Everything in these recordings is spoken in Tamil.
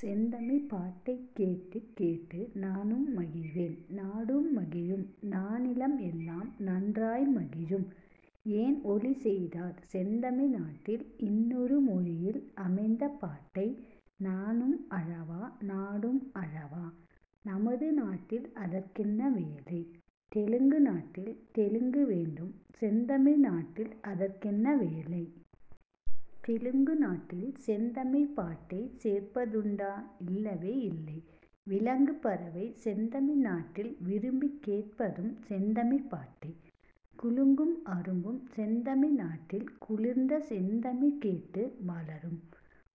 செந்தமிழ்ப் பாட்டைக் கேட்டுக் கேட்டு நானும் மகிழ்வேன் நாடும் மகிழும் நானிலம் எல்லாம் நன்றாய் மகிழும்! ஏன்ஒலி செய்தார் செந்தமிழ் நாட்டில் இன்னொரு மொழியில் அமைந்த பாட்டை? நானும் அழவா? நாடும் அழவா? நமது நாட்டில் அதற்கென்ன வேலை? தெலுங்கு நாட்டில் தெலுங்கு வேண்டும். செந்தமிழ் நாட்டில் அதற்கென்ன வேலை? தெலுங்கு நாட்டில் செந்தமிழ்ப் பாட்டைச் சேர்ப்பதுண்டா? இல்லவே இல்லை! விலங்கு பறவை செந்தமிழ் நாட்டில் விரும்பிக் கேட்பதும் செந்தமிழ்ப் பாட்டை! குலுங்கும் அரும்பும் செந்தமிழ் நாட்டில் குளிர்ந்த செந்தமிழ் கேட்டு மலரும்!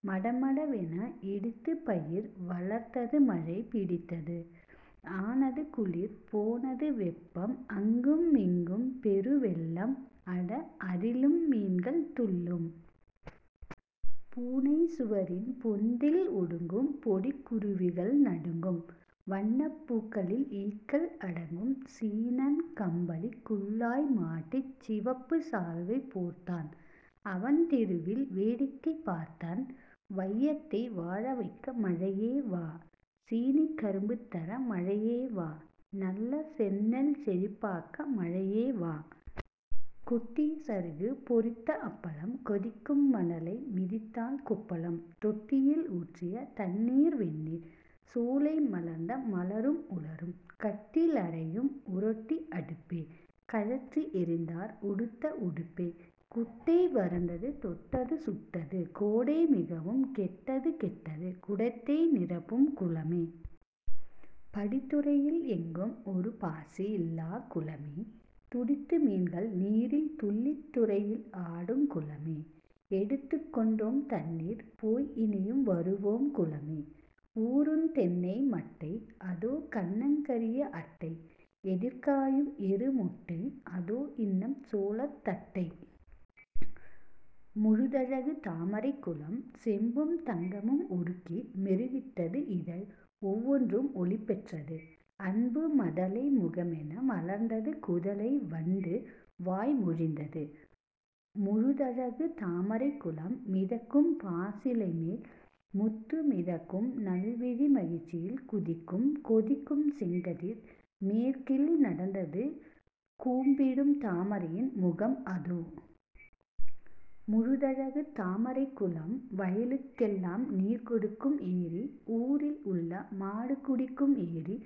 மடமடவென இடித்து பயிர் வளர்த்தது மழை பிடித்தது. ஆனது குளிர் போனது வெப்பம் அங்கும்இங் கும்பெரு வெள்ளம் அட அதிலும் மீன்கள் துள்ளும். பூனை சுவரின் பொந்தில் ஒடுங்கும் பொடிக் குருவிகள் நடுங்கும்-வண்ணப் பூக்களில் ஈக்கள் அடங்கும். சீனன் கம்பளிக் குல்லாய் மாட்டிச் சிவப்பு சால்வை போர்த்தான் அவன் தெருவில் வேடிக்கை பார்த்தான்! வையத்தை வாழவைக்க மழையே வா! சீனிக்கரும்பு தர மழையே வா! நல்ல செந்நெல் செழிப்பாக்க மழையே வா! கொட்டிய சருகு பொரித்த அப்பளம்! கொதிக்கும் மணலை மிதித்தால் கொப்பளம்! தொட்டியில் ஊற்றிய தண்ணீர் வெந்நீர்! சோலை மலர்ந்த மலரும் உலரும். கட்டி லறையும்உ ரொட்டி அடுப்பே! கழற்றி எறிந்தார் உடுத்த உடுப்பே! குட்டை வறண்டது தொட்டது சுட்டது; கோடை மிகவும் கெட்டது கெட்டது! குடத்தை நிரப்பும் குளமே! படித்துறையில் எங்கும் ஒரு பாசி யில்லாக் குளமே! துடித்து மீன்கள் நீீரில் துள்ளித் துறையில் ஆடுங் குளமே! எடுத்துக் கொண்டோம் தண்ணீர் போய் இனியும் வருவோம் குளமே! ஊறுந் தென்னை மட்டை! அதோ கன்னங் கரிய அட்டை! எதிர் காயும் எரு முட்டை! அதோ இன்னம் சோளத் தட்டை! முழுதழகு தாமரைக் குளம்! செம்பும் தங்கமும் உருக்கி மெருகிட்டது இதழ் ஒவ்வொன்றும் ஒளிபெற்றது. அன்பு மதலை முகமென மலர்ந்தது குதலை வண்டு வாய் மொழிந்தது. முழுதழகு தாமரைக் குளம்! மிதக்கும் பாசிலைமேல் முத்து மிதக்கும் நம்விழி மகிழ்ச்சியில் குதிக்கும் கொதிக்கும் செங்கதிர் மேற்கில் நடந்தது கூம்பிடும் தாமைரையின் முகம் அதோ. முழுதழகு தாமரைக் குளம்! வயலுக் கெல்லாம் நீர் கொடுக்கும் ஏரி. ஊரில் உள்ள மாடு குடிக்கும் ஏரி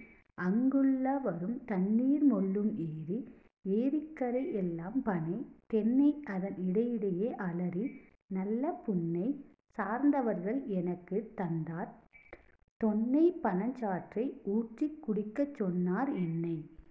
அங் குள்ளவரும் தண்ணீர் மொள்ளும் ஏரி. ஏரிக்கரை எல்லாம் பனை, தென்னை அதன் இடையிடையே அலரி நல்ல புன்னை. சார்ந்தவர்கள் எனக்குத் தந்தார் தொன்னை பனஞ் சாற்றை ஊற்றிக் குடிக்கச் சொன்னார் என்னை.